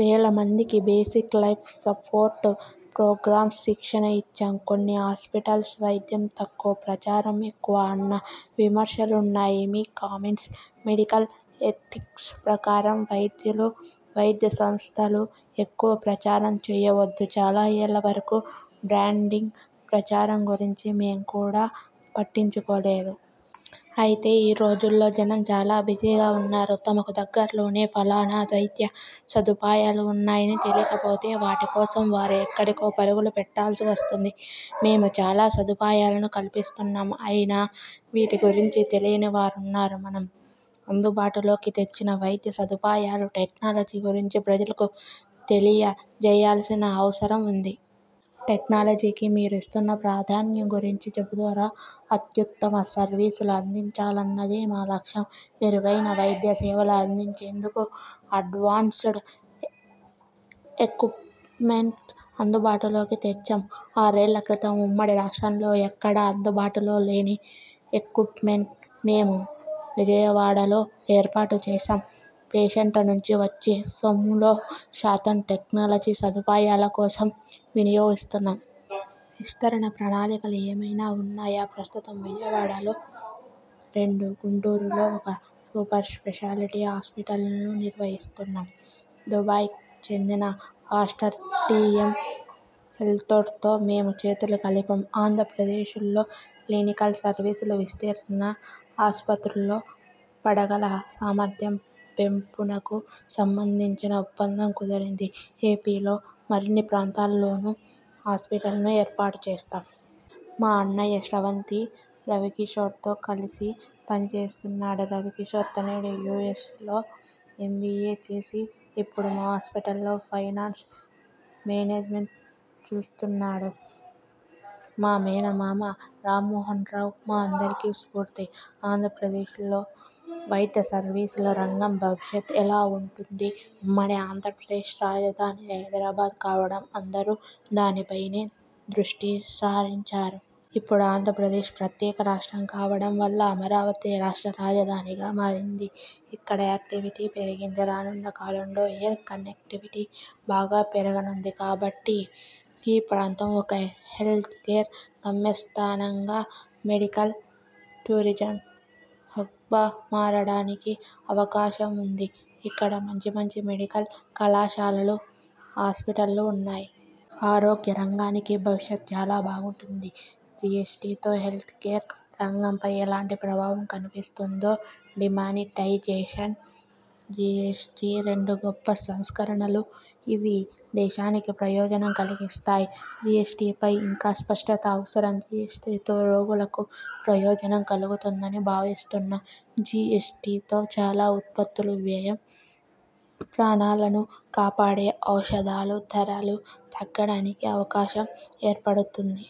వేల మందికి basic life support programmes శిక్షణ ఇచ్చాం. కొన్ని హాస్పిటల్స్ వైద్యం తక్కువ ప్రచారం ఎక్కువ అన్న విమర్శలున్నాయి మీ కామెంట్? మెడికల్ ఎథిక్స్ ప్రకారం వైద్యులు, వైద్య సంస్థలు ఎక్కువ ప్రచారం చేయవద్దు. చాలా ఏళ్ల వరకు బ్రాండింగ్, ప్రచారం గురించి మేం కూడా పట్టించుకోలేదు. అయితే ఈ రోజుల్లో జనం చాలా బిజీగా ఉన్నారు. తమకు దగ్గరలోనే ఫలానా వైద్య సదుపాయాలు ఉన్నాయని తెలియకపోతే వాటి కోసం వారు ఎక్కడికో పరుగులు పెట్టాల్సి వస్తుంది. మేము చాలా సదుపాయాలను కల్పిస్తున్నాం. అయినా వీటి గురించి తెలియని వారున్నారు. మనం అందుబాటులోకి తెచ్చిన వైద్య సదుపాయాలు, టెక్నాలజీ గురించి ప్రజలకు తెలియజేయాల్సిన అవసరం ఉంది. టెక్నాలజీకి మీరిస్తున్న ప్రాధాన్యం గురించి చెబుతారా? అత్యుత్తమ సర్వీసులు అందించాలన్నదే మా లక్ష్యం. మెరుగైన వైద్య సేవలు అందించేందుకు అడ్వాన్స్డ్ ఎక్విప్మెంట్ అందుబాటులోకి తెచ్చాం. ఆరేళ్ల క్రితం ఉమ్మడి రాష్ట్రంలో ఎక్కడా అందుబాటులో లేని ఎక్విప్మెంట్ను మేము విజయవాడలో ఏర్పాటు చేశాం. పేషెంట్ల నుంచి వచ్చే సొమ్ములో శాతం టెక్నాలజీ, సదుపాయాల కోసం వినియోగిస్తున్నాం. విస్తరణ ప్రణాళికలు ఏమైనా ఉన్నాయా? ప్రస్తుతం విజయవాడలో రెండు, గుంటూరులో ఒక సూపర్ స్పెషాలిటీ హాస్పిటల్ను నిర్వహిస్తున్నాం. దుబాయ్కి చెందిన ఆస్టర్ డిఎం హెల్త్కేర్తో మేము చేతులు కలిపాం. ఆంధ్రప్రదేశ్లో క్లినికల్ సర్వీసుల విస్తరణ, ఆస్పత్రుల్లో పడకల సామర్థ్యం పెంపునకు సంబంధించి ఒప్పందం కుదిరింది. ఎపిలో మరిన్ని ప్రాంతాల్లోనూ హాస్పిటల్స్ను ఏర్పాటు చేస్తా. మా అన్నయ్య స్రవంతి రవికిశోర్తో కలిసి పని చేస్తున్నాడు. రవికిషోర్ తనయుడు యుఎ్సలో ఎంబిఎ చేసి ఇప్పుడు మా హాస్పిటల్ ఫైనాన్స్ మేనేజ్మెంట్ చూస్తున్నాడు. మా మేనమామ రామ్మోహన్రావు మా అందరికీ స్ఫూర్తి. ఆంధ్రప్రదేశ్లో వైద్య సర్వీసుల రంగం భవిష్యత్తు ఎలా ఉంటుంది? ఉమ్మడి ఆంధ్రప్రదేశ్ రాజధాని హైదరాబాద్ కావడం అందరూ దానిపైనే దృష్టిసారించారు. ఇప్పుడు ఆంధ్రప్రదేశ్ ప్రత్యేక రాష్ట్రం కావడం వల్ల అమరావతి రాష్ట్ర రాజధానిగా మారింది. ఇక్కడ యాక్టివిటీ పెరిగింది. రానున్న కాలంలో ఎయిర్ కనెక్టివిటీ బాగా పెరగనుంది. కాబట్టి ఈ ప్రాంతం ఒక హెల్త్కేర్ గమ్యస్థానంగా మెడికల్ టూరిజం హబ్గా మారడానికి అవకాశం ఉంది. ఇక్కడ మంచిమంచి మెడికల్ కళాశాలలు, హాస్పిటళ్లు ఉన్నాయి. ఆరోగ్య రంగానికి భవిష్యత్ చాలా బాగుంటుంది. జిఎస్టితో హెల్త్కేర్ రంగంపై ఎలాంటి ప్రభావం కనిపిస్తోంది? డీమానిటైజేషన్, జిఎ్సటి రెండూ గొప్ప సంస్కరణలు. ఇవి దేశానికి ప్రయోజనం కలిగిస్తాయి. జిఎ్సటిపై ఇంకా స్పష్టత అవసరం. జిఎ్సటితో రోగులకు ప్రయోజనం కలుగుతుందని భావిస్తున్నాం. జిఎ్సటితో చాలా ఉత్పత్తుల వ్యయం, ప్రాణాలను కాపాడే ఔషధాల ధరలు తగ్గడానికి అవకాశం ఏర్పడుతుంది.